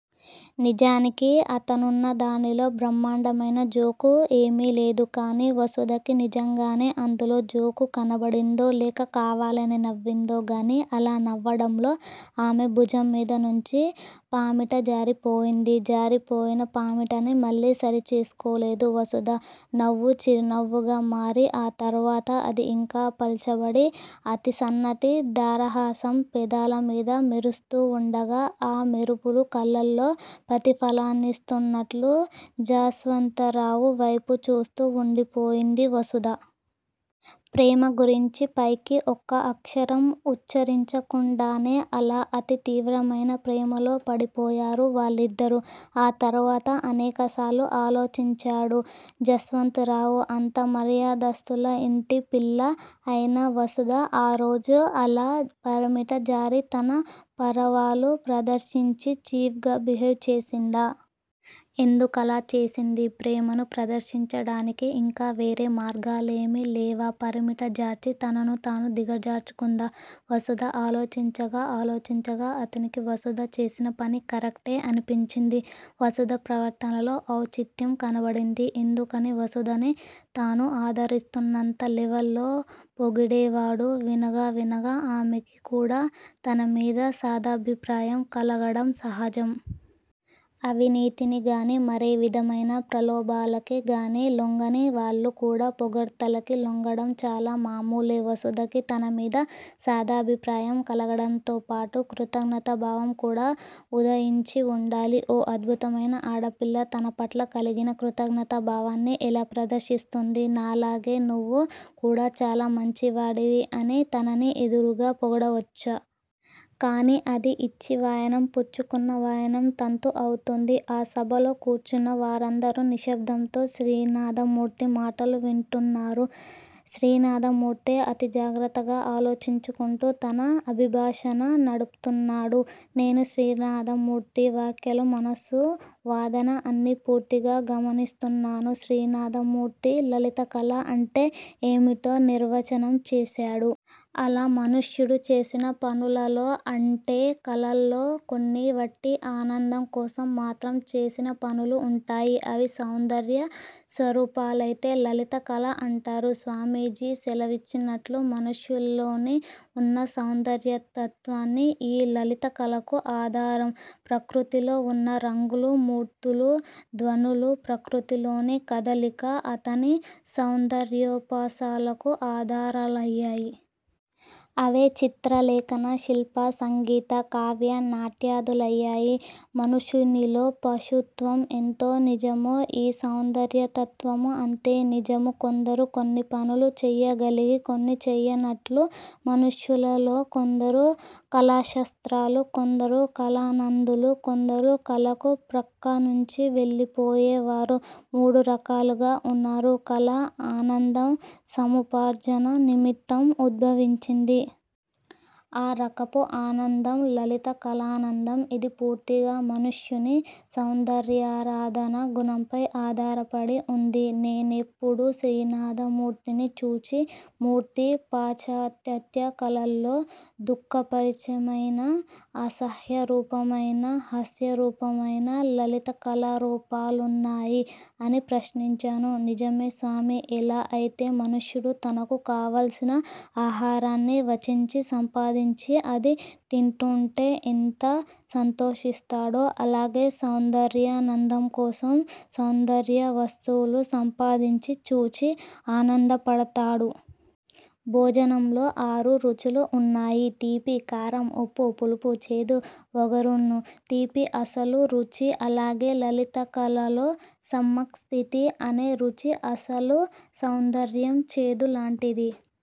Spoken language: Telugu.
నిజానికి అతనున్న దానిలో బహ్మండమైన జోకు ఏమిలేదు. కానీ వసుదకి నిజంగానే అందులో జోకు కనబడిందో లేక కావాలని నవ్విందో గానీ అలా నవ్వడంలో ఆమె భుజం మీద నుంచి పమిటజారిపోయింది. జారిపోయిన పమిటని మళ్ళీ సరిచేసుకోలేదు వసుధ. నవ్వు చిరునవ్వుగా మారి ఆ తరువాత అది ఇంకా పల్చబడి అతి సన్నటి దరహాసం పెదాల మీద మెరుస్తూ వుండగా ఆ మెరుపు కళ్ళల్లో ప్రతిఫలిస్తున్నట్లు జస్వంతరావు వైపే చూస్తూ వుండిపోయింది వసుధ. ప్రేమ గురించి పైకి ఒక్క అక్షరం ఉచ్చరించకుండానే అలా అతి తీవ్రమైన ప్రేమలో పడిపోయారు వాళ్ళిద్దరూ. ఆ తరువాత అనేకసార్లు ఆలోచించాడు జస్వంతరావు. అంత మర్యాదస్తులు ఇంటి పిల్ల అయిన వసుధ ఆరోజున అలా పమిట జార్చి తన పరువాలు ప్రదర్శించి చీఫ్ గా బిహేవ్ చేసిందా! ఎందుకలా చేసింది! ప్రేమను ప్రదర్శించడానికి ఇంకా వేరే మార్గాలేమీలేవా! పమిటజార్చి తనను తాను దిగజార్చుకుందా వసుధ! ఆలోచించగా ఆలోచించగా అతనికి వసుధ చేసిన పని కరెక్టే అనిపించింది. వసుధ ప్రవర్తనలో ఔచిత్యం కనబడింది. ఎందుకనీ వసుధనీ తను ఆరాధిస్తున్నంత లెవల్లో పోగిడేవాడు. వినగా వినగా ఆమెకి కూడా తనమీద సదభిప్రాయం కలగడం సహజం. అవినీతి గానీ మరే విధమైన ప్రలోభాలకీ గానీ లోంగనీ వాళ్ళు కూడా పొగడ్తలకీ లొంగడం చాలా మాములే! వసుధకి తనమీద సదభిప్రాయం కలగడంతో పాటు కృతజ్ఞతాభావం కూడా ఉదయించి వుండాలి. ఓ అందమైన ఆడపిల్ల తనపట్ల కలిగిన కృతజ్ఞతాభావాన్ని ఎలా ప్రదర్శిస్తుందీ! నాలాగే నువ్వు కూడా చాలా మంచివాడిని అని తనని ఎదురుగా పొగడవచ్చా. కాని అది 'ఇచ్చి వాయనం పుచ్చుకున్న వాయనం ' తంతు అవుతుంది. ఆ సభలో కూర్చున్న వారందరూ నిశ్శబ్దంతో శ్రీనాథమూర్తి మాటలు వింటున్నారు. శ్రీనాథమూర్తే అతి జాగ్రత్తగా ఆలోచించుకుంటూ తన అభిభాషణ నడుపుతున్నాడు. నేను శ్రీనాథమూర్తి వాక్యాలు, మనస్సు, వాదన అన్నీ పూర్తిగా గమనిస్తున్నాను. శ్రీనాథమూర్తి లలితకళ అంటే ఏమిటో నిర్వచనం చేశాడు. '' అలా మనుష్యుడు చేసిన పనులలో అంటే, కళలలో కొన్ని వట్టి ఆనందం కోసం మాత్రం చేసిన పనులు ఉంటాయి. అవి సౌందర్య స్వరూపాలైతే లలితా కళ అంటారు. స్వామీజీ సెలవిచ్చినట్లు మనుష్యునిలో వున్న సౌందర్యతత్వం ఈ లలితా కళలకు ఆధారం. ప్రకృతిలో వున్న రంగులూ మూర్తులూ, ధ్వనులూ, ప్రకృతిలోని కదలికా అతని సౌందర్యోపాసనకు ఆధారాలయ్యాయి. అవే చిత్రలేఖన, శిల్ప, సంగీత, కావ్య, నాట్యాదులయ్యాయి. మనుషునిలో పశుత్వం ఎంత నిజమౌ, ఈ సౌందర్యతత్వమూ అంతే నిజము. కొందరు కొన్ని పనులు చేయగలిగి, కొన్ని చేయలేనట్లు, మనుష్యులలో కొందరు కళాస్రష్టలు, కొందరు కళానందులు, కొందరు కళకు ప్రక్కనుంచి వెళ్ళిపోయే వారు__మూడు రకాలుగా ఉన్నారు. '''' కళ ఆనంద సముపార్జన నిమిత్తం ఉద్భవించింది. ఆ రకపు ఆనందం లలిత కళానందం. ఇది పూర్తిగా మనుష్యుని సౌందర్యారాధన గుణంపై ఆధారపడి ఉంది. '' నేనప్పుడు శ్రీనాథమూర్తిని చూచి, '' మూర్తీ, పాశ్చాత్యకళలలో దుఃఖరూపమైనవి, అసహ్యరూపమైనవి, హాస్యరూపమైనవి లలితకళారూపాలున్నాయే? '' అని ప్రశ్నించాను. '' నిజమే స్వామీ! ఎలా అయితే మనుష్యుడు తనకు కావలసిన ఆహారాన్ని వాంఛింఛి, సంపాదించి, అది తింటోంటే ఎంత సంతోషపడతాడో, అలాగే సౌందర్యానందంకోసం సౌందర్యవస్తువులు సంపాదించీ, చూచీ ఆనందపడతాడు. భోజనంలో ఆరు రుచులు ఉన్నాయి. తీపి, కారం, ఉప్పు, పులుసు, చేదు, వగరున్నూ, తీపి అసలు రుచి. అలాగే, లలితకళలలో సమ్మక్ స్థితి అనే రుచి అసలు సౌందర్యం చేదు లాంటిది